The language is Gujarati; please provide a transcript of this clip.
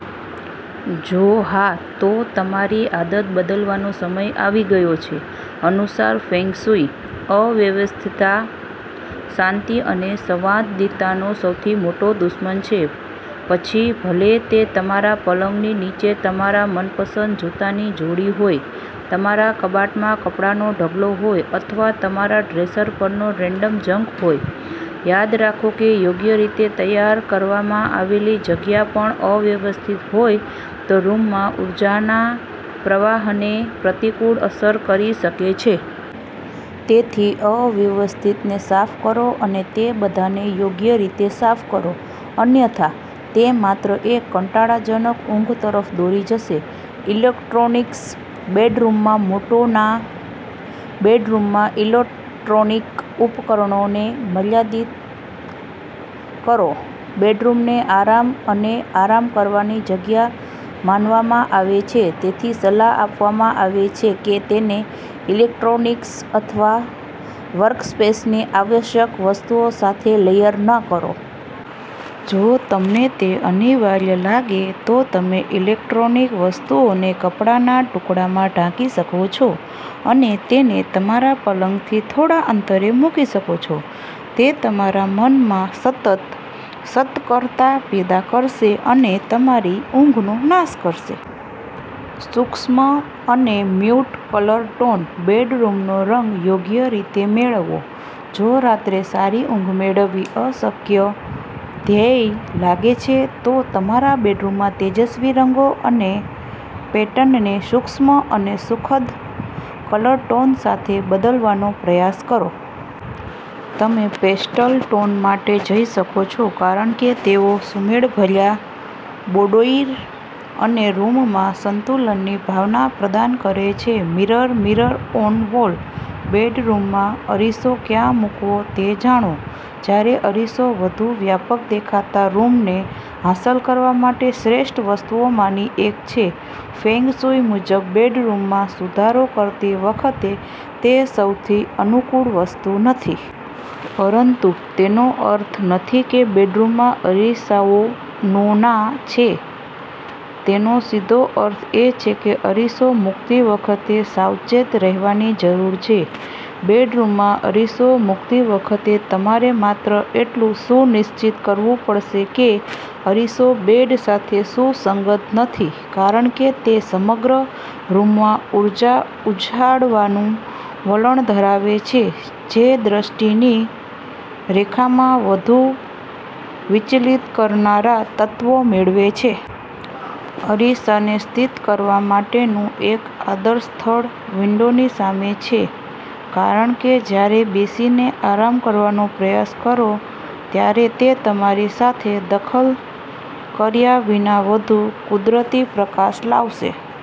જો હા, તો તમારી આદત બદલવાનો સમય આવી ગયો છે. અનુસાર ફેંગ શુઇ, અવ્યવસ્થિતતા શાંતિ અને સંવાદિતાનો સૌથી મોટો દુશ્મન છે. પછી ભલે તે તમારા પલંગની નીચે તમારા મનપસંદ જૂતાની જોડી હોય, તમારા કબાટમાં કપડાંનો ઢગલો હોય, અથવા તમારા ડ્રેસર પરનો રેન્ડમ જંક હોય, યાદ રાખો કે યોગ્ય રીતે તૈયાર કરવામાં આવેલી જગ્યા પણ અવ્યવસ્થિત હોય તો રૂમમાં ઊર્જાના પ્રવાહને પ્રતિકૂળ અસર કરી શકે છે. તેથી, અવ્યવસ્થિતને સાફ કરો અને તે બધાને યોગ્ય રીતે સાફ કરો, અન્યથા, તે માત્ર એક કંટાળાજનક ઊંઘ તરફ દોરી જશે. ઈલેક્ટ્રોનિક્સ? બેડરૂમમાં મોટો ના! બેડરૂમમાં ઇલેક્ટ્રોનિક ઉપકરણોને મર્યાદિત કરો. બેડરૂમને આરામ અને આરામ કરવાની જગ્યા માનવામાં આવે છે, તેથી સલાહ આપવામાં આવે છે કે તેને ઇલેક્ટ્રોનિક્સ અથવા વર્કસ્પેસની આવશ્યક વસ્તુઓ સાથે લેયર ન કરો. જો તમને તે અનિવાર્ય લાગે, તો તમે ઈલેક્ટ્રોનિક વસ્તુઓને કપડાના ટુકડામાં ઢાંકી શકો છો અને તેને તમારા પલંગથી થોડા અંતરે મૂકી શકો છો. તે તમારા મનમાં સતત સતર્કતા પેદા કરશે અને તમારી ઊંઘનો નાશ કરશે. સૂક્ષ્મ અને મ્યૂટ કલર ટોન. બેડરૂમનો રંગ યોગ્ય રીતે મેળવો! જો રાત્રે સારી ઊંઘ મેળવવી અશક્ય ધ્યેય લાગે છે, તો તમારા બેડરૂમમાં તેજસ્વી રંગો અને પેટર્નને સૂક્ષ્મ અને સુખદ કલર ટોન સાથે બદલવાનો પ્રયાસ કરો. તમે પેસ્ટલ ટોન માટે જઈ શકો છો કારણ કે તેઓ સુમેળભર્યા બૌડોઇર અને રૂમમાં સંતુલનની ભાવના પ્રદાન કરે છે. Mirror, mirror on wall. બેડરૂમમાં અરીસો ક્યાં મૂકવો તે જાણો. જ્યારે અરીસો વધુ વ્યાપક દેખાતા રૂમને હાંસલ કરવા માટે શ્રેષ્ઠ વસ્તુઓમાંની એક છે, ફેંગ શુઇ મુજબ બેડરૂમમાં સુધારો કરતી વખતે તે સૌથી અનુકૂળ વસ્તુ નથી. પરંતુ તેનો અર્થ નથી કે બેડરૂમમાં અરીસાઓ નો-ના છે. તેનો સીધો અર્થ એ છે કે અરીસો મૂકતી વખતે સાવચેત રહેવાની જરૂર છે. બેડરૂમમાં અરીસો મૂકતી વખતે, તમારે માત્ર એટલું સુનિશ્ચિત કરવું પડશે કે અરીસો બેડ સાથે સુસંગત નથી કારણ કે તે સમગ્ર રૂમમાં ઊર્જા ઉછાળવાનું વલણ ધરાવે છે જે દૃષ્ટિની રેખામાં વધુ વિચલિત કરનારા તત્વો મેળવે છે. અરીસાને સ્થિત કરવા માટેનું એક આદર્શ સ્થળ વિન્ડોની સામે છે કારણ કે જ્યારે બેસીને આરામ કરવાનો પ્રયાસ કરો ત્યારે તે તમારી સાથે દખલ કર્યા વિના વધુ કુદરતી પ્રકાશ લાવશે